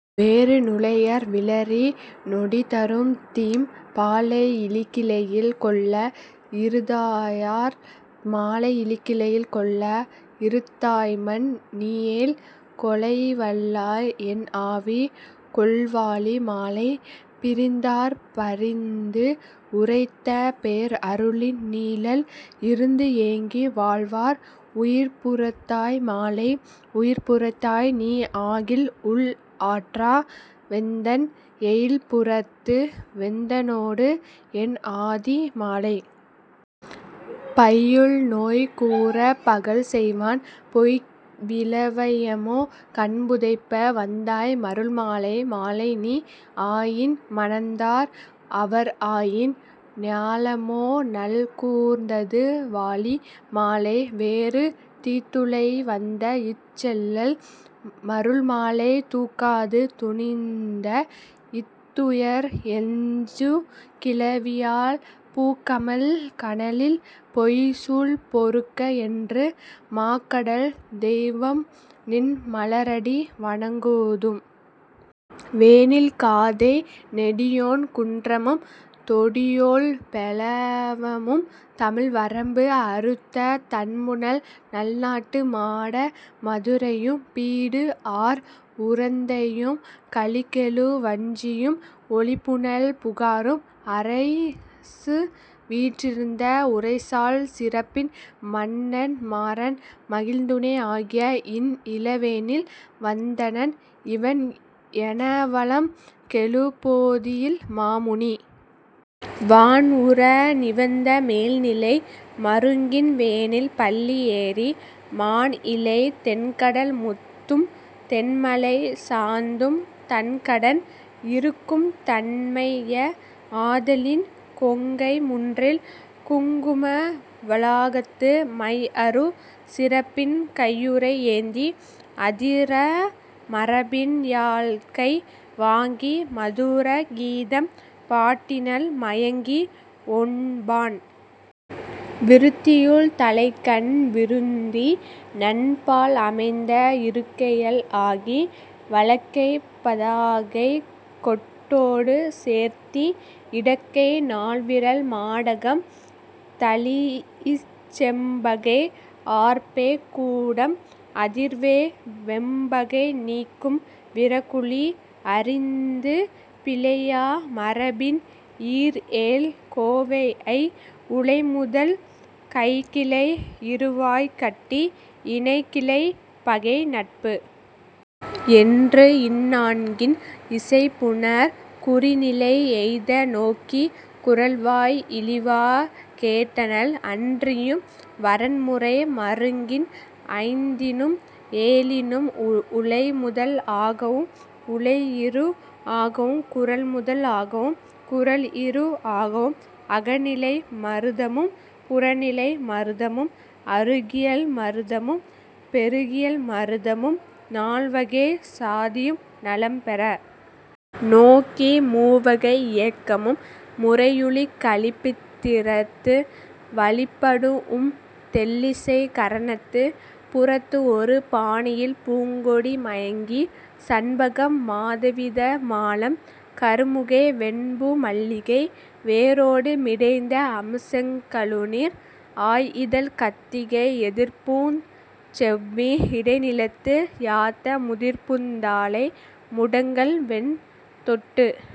வேறு நுளையர் விளரி நொடிதரும்தீம் பாலை இளிகிளையில் கொள்ள இறுத்தாயால் மாலை இளிகிளையில் கொள்ள இறுத்தாய்மன் நீயேல் கொளைவல்லாய் என்ஆவி கொள்வாழி மாலை. பிரிந்தார் பரிந்துஉரைத்த பேர்அருளின் நீழல் இருந்துஏங்கி வாழ்வார் உயிர்ப்புறத்தாய் மாலை உயிர்ப்புறத்தாய் நீஆகில் உள்ஆற்றா வேந்தன் எயில்புறத்து வெந்தனோடு என்ஆதி மாலை. பையுள்நோய் கூரப் பகல்செய்வான் போய்வீழ வையமோ கண்புதைப்ப வந்தாய் மருள்மாலை மாலைநீ ஆயின் மணந்தார் அவர்ஆயின் ஞாலமோ நல்கூர்ந் ததுவாழி மாலை. வேறு தீத்துழை வந்தஇச் செல்லல் மருள்மாலை தூக்காது துணிந்தஇத் துயர்எஞ்சு கிளவியால் பூக்கமழ் கனலில் பொய்ச்சூள் பொறுக்க என்று மாக்கடல் தெய்வம்நின் மலர்அடி வணங்குதும். வேனில் காதை நெடியோன் குன்றமும் தொடியோள் பெளவமும் தமிழ்வரம்பு அறுத்த தண்புனல் நல்நாட்டு மாட மதுரையும் பீடுஆர் உறந்தையும் கலிகெழு வஞ்சியும் ஒலிபுனல் புகாரும் அரைசுவீற் றிருந்த உரைசால் சிறப்பின் மன்னன் மாரன் மகிழ்துணை ஆகிய இன்இள வேனில் வந்தனன் இவண்என வளம்கெழு பொதியில் மாமுனி வான்உற நிவந்த மேல்நிலை மருங்கின் வேனில் பள்ளி ஏறி மாண்இழை தென்கடல் முத்தும் தென்மலைச் சாந்தும் தன்கடன் இறுக்கும் தன்மைய ஆதலின் கொங்கை முன்றில் குங்கும வளாகத்து மைஅறு சிறப்பின் கையுறை ஏந்தி அதிரா மரபின் யாழ்கை வாங்கி மதுர கீதம் பாடினள் மயங்கி, ஒன்பான் விருத்தியுள் தலைக்கண் விருத்தி நன்பால் அமைந்த இருக்கையள் ஆகி, வலக்கைப் பதாகை கோட்டொடு சேர்த்தி இடக்கை நால்விரல் மாடகம் தழீஇச் செம்பகை ஆர்ப்பே கூடம் அதிர்வே வெம்பகை நீக்கும் விரகுளி அறிந்து, பிழையா மரபின் ஈர்ஏழ் கோவையை உழைமுதல் கைக்கிளை இறுவாய் கட்டி, இணைகிளை பகைநட்பு என்றுஇந் நான்கின் இசைபுணர் குறிநிலை எய்த நோக்கிக் குரல்வாய் இளிவாய்க் கேட்டனள் அன்றியும் வரன்முறை மருங்கின் ஐந்தினும் ஏழினும் உழைமுதல் ஆகவும் உழைஈறு ஆகவும் குரல்முதல் ஆகவும் குரல்ஈறு ஆகவும் அகநிலை மருதமும் புறநிலை மருதமும் அருகியல் மருதமும் பெருகியல் மருதமும் நால்வகைச் சாதியும் நலம்பெற நோக்கி, மூவகை இயக்கமும் முறையுளிக் கழிப்பித் திறத்து வழிப்படூஉம் தெள்ளிசைக் கரணத்துப் புறத்துஒரு பாணியில் பூங்கொடி மயங்கி, சண்பகம் மாதவி தமாலம் கருமுகை வெண்பூ மல்லிகை வேரொடு மிடைந்த அம்செங் கழுநீர் ஆய்இதழ்க் கத்திகை எதிர்ப்பூஞ் செவ்வி இடைநிலத்து யாத்த முதிர்பூந் தாழை முடங்கல்வெண் தோட்டு